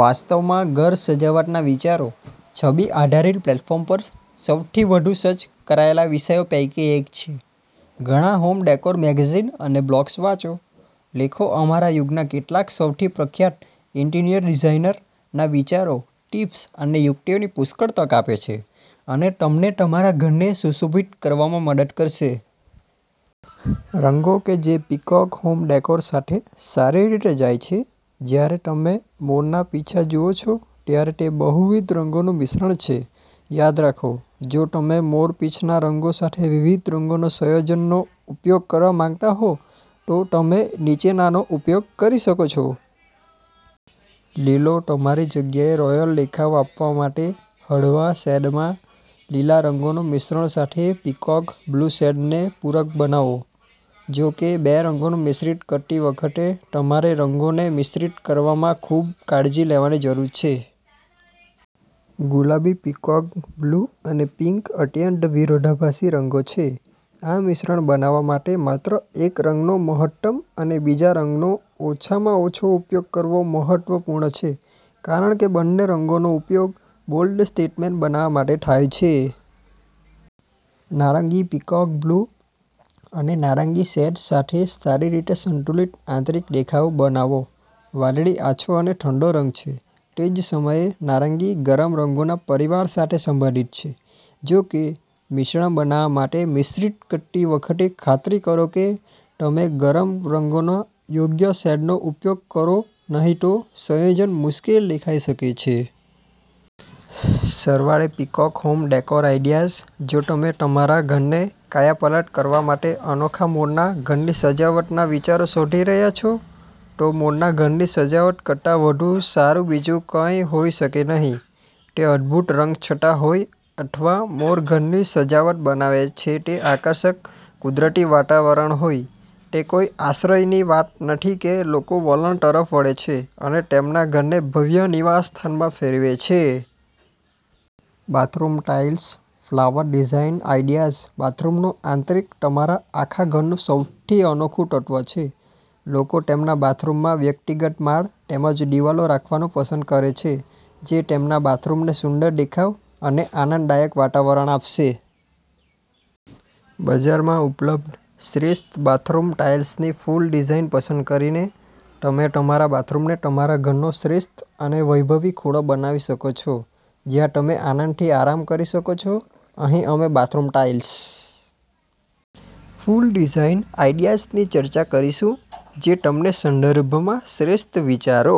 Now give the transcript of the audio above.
વાસ્તવમાં, ઘર સજાવટના વિચારો છબી-આધારિત પ્લેટફોર્મ પર સૌથી વધુ સર્ચ કરાયેલા વિષયો પૈકી એક છે. ઘણાં હોમ ડેકોર મેગેઝિન અને બ્લોગ્સ વાંચો. લેખો અમારા યુગના કેટલાક સૌથી પ્રખ્યાત ઇન્ટિરિયર ડિઝાઇનર્સના વિચારો, ટિપ્સ અને યુક્તિઓની પુષ્કળ તક આપે છે અને તમને તમારા ઘરને સુશોભિત કરવામાં મદદ કરશે. રંગો કે જે પીકોક હોમ ડેકોર સાથે સારી રીતે જાય છે જ્યારે તમે મોરના પીંછા જુઓ છો, ત્યારે તે બહુવિધ રંગોનું મિશ્રણ છે. યાદ રાખો, જો તમે મોરપીંછના રંગો સાથે વિવિધ રંગોના સંયોજનોનો ઉપયોગ કરવા માંગતા હો, તો તમે નીચેનાનો ઉપયોગ કરી શકો છો. લીલો તમારી જગ્યાને રોયલ દેખાવ આપવા માટે હળવા શેડમાં લીલા રંગોના મિશ્રણ સાથે પીકોક બ્લુ શેડને પૂરક બનાવો. જો કે, બે રંગોને મિશ્રિત કરતી વખતે, તમારે રંગોને મિશ્રિત કરવામાં ખૂબ કાળજી લેવાની જરૂર છે. ગુલાબી પીકોક બ્લુ અને પિંક અત્યંત વિરોધાભાસી રંગો છે. આ મિશ્રણ બનાવવા માટે માત્ર એક રંગનો મહત્તમ અને બીજા રંગનો ઓછામાં ઓછો ઉપયોગ કરવો મહત્વપૂર્ણ છે. કારણ કે બંને રંગોનો ઉપયોગ બોલ્ડ સ્ટેટમેન્ટ બનાવવા માટે થાય છે. નારંગી પીકોક બ્લુ અને નારંગીના શેડ્સ સાથે સારી રીતે સંતુલિત આંતરિક દેખાવ બનાવો. વાદળી આછો અને ઠંડો રંગ છે. તે જ સમયે, નારંગી ગરમ રંગોના પરિવાર સાથે સંબંધિત છે. જો કે, મિશ્રણ બનાવવા માટે તેમને મિશ્રિત કરતી વખતે, ખાતરી કરો કે તમે ગરમ રંગોના યોગ્ય શેડનો ઉપયોગ કરો નહીં તો, સંયોજન મુશ્કેલ દેખાઈ શકે છે. સરવાળે પીકોક હોમ ડેકોર આઈડિયાઝ જો તમે તમારા ઘરને કાયાપલટ કરવા માટે અનોખા મોરનાં ઘરની સજાવટનાં વિચારો શોધી રહ્યાં છો, તો મોરનાં ઘરની સજાવટ કરતાં વધુ સારું બીજું કંઈ હોઈ શકે નહીં. તે અદભૂત રંગછટા હોય અથવા મોર ઘરની સજાવટ બનાવે છે તે આકર્ષક કુદરતી વાતાવરણ હોય, તે કોઈ આશ્ચર્યની વાત નથી કે લોકો વલણ તરફ વળે છે અને તેમના ઘરને ભવ્ય નિવાસસ્થાનમાં ફેરવે છે. Bathroom tiles flower design ideas બાથરૂમનું આંતરિક તમારા આખા ઘરનું સૌથી અનોખું તત્વ છે. લોકો તેમના બાથરૂમમાં વ્યક્તિગત માળ તેમજ દિવાલો રાખવાનું પસંદ કરે છે જે તેમના બાથરૂમને સુંદર દેખાવ અને આનંદદાયક વાતાવરણ આપશે. બજારમાં ઉપલબ્ધ શ્રેષ્ઠ બાથરૂમ ટાઇલ્સની ફૂલ ડિઝાઇન પસંદ કરીને, તમે તમારા બાથરૂમને તમારા ઘરનો શ્રેષ્ઠ અને સૌથી વૈભવી ખૂણો બનાવી શકો છો જ્યાં તમે આનંદથી આરામ કરી શકો છો. અહીં અમે બાથરૂમ ટાઇલ્સ ફૂલ ડિઝાઇન આઇડિયાની ચર્ચા કરીશું જે તમને સંદર્ભમાં શ્રેષ્ઠ વિચારો